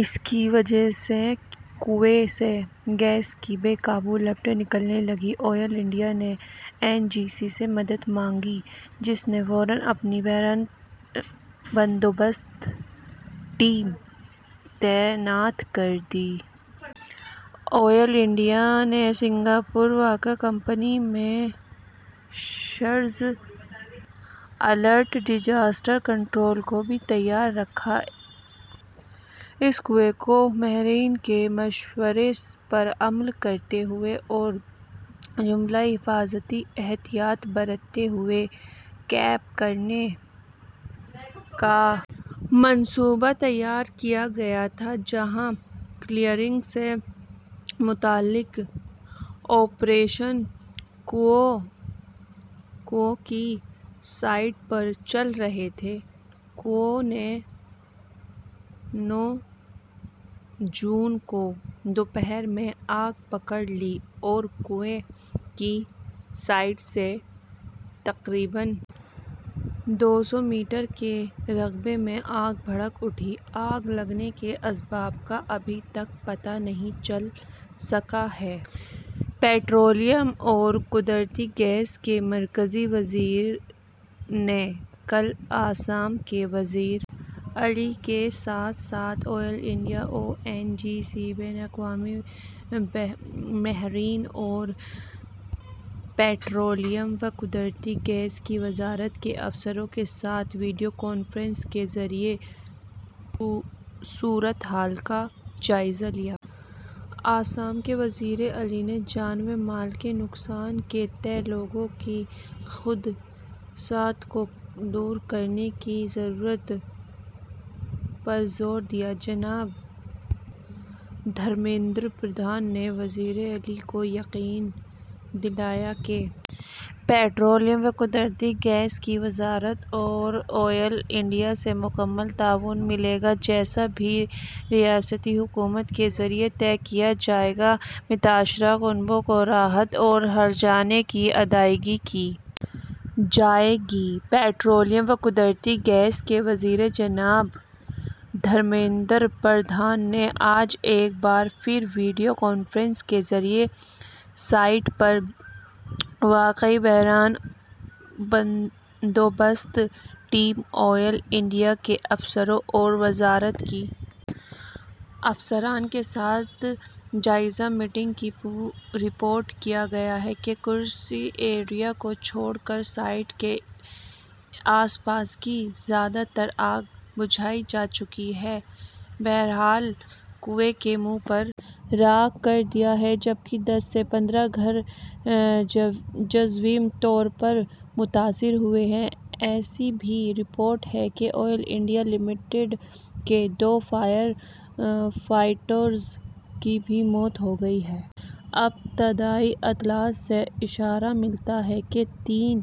اس کی وجہ سے کنوئیں سے گیس کی بے قابو لپٹیں نکلنے لگیں آئل انڈیا نے او این جی سی سے مدد مانگی جس نے فوراً اپنی بحران بندوبست ٹیم تعینات کر دی آئل انڈیا نے سنگاپور واقع company Messrs alert disaster control کو بھی تیار رکھا اس کنوئیں کو ماہرین کے مشورے پر عمل کرتے ہوئے اور جملہ حفاظتی احتیاط برتتے ہوئے کیپ کرنے کا منصوبہ تیار کیا گیا تھا جہاں کلیئرنگ سے متعلق آپریشن کنوئیں کی سائٹ پر چل رہے تھے کنوئیں نے نو جون کو دوپہر میں آگ پکڑ لی اور کنوئیں کی سائٹ سے تقریباً دو سو میٹر کے رقبے میں آگ بھڑک اٹھی آگ لگنے کے اسباب کا ابھی تک پتہ نہیں چل سکا ہے پیٹرولیم اور قدرتی گیس کے مرکزی وزیر نے کل آسام کے وزیر اعلیٰ کے ساتھ ساتھ oil India O N G C بین الاقوامی ماہرین اور پیٹرولیم و قدرتی گیس کی وزارت کے افسروں کے ساتھ ویڈیو کانفرنسنگ کے ذریعے صورت حال کا جائزہ لیا آسام کے وزیر اعلیٰ نے جان و مال کے نقصان کے تئیں لوگوں کے خدشات کو دور کرنے کی ضرورت پر زور دیا جناب دھرمیندر پردھان نے وزیر اعلیٰ کو یقین دلایا کہ پیٹرولیم و قدرتی گیس کی وزارت اور آئل انڈیا سے مکمل تعاون ملے گا جیسا بھی ریاستی حکومت کے ذریعے طے کیا جائے گا متاثرہ کنبوں کو راحت اور ہرجانے کی ادائیگی کی جائے گی پیٹرولیم و قدرتی گیس کے وزیر جناب دھرمیندر پردھان نے آج ایک بار پھر ویڈیو کانفرنسنگ کے ذریعے سائٹ پر واقع بحران بندوبست ٹیم آئل انڈیا کے افسروں اور وزارت کے افسران کے ساتھ جائزہ میٹنگ کی رپورٹ کیا گیا ہے کہ کرسی ایریا کو چھوڑ کر سائٹ کے آس پاس کی زیادہ تر آگ بجھائی جا چکی ہے بہرحال کنوئیں کے منہ پر راکھ کر دیا ہے جبکہ دس سے پندرہ گھر جزوی طور پر متاثر ہوئے ہیں ایسی بھی رپورٹ ہے کہ آئل انڈیا لمیٹڈ کے دو فائر فائٹرز کی بھی موت ہو گئی ہے ابتدائی اطلاعات سے اشارہ ملتا ہے کہ تین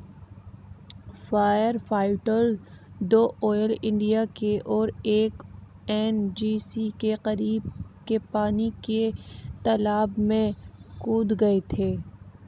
فائر فائٹرز دو آئل انڈیا کے اور ایک او این جی سی کے قریب کے پانی کے تالاب میں کود گئے تھے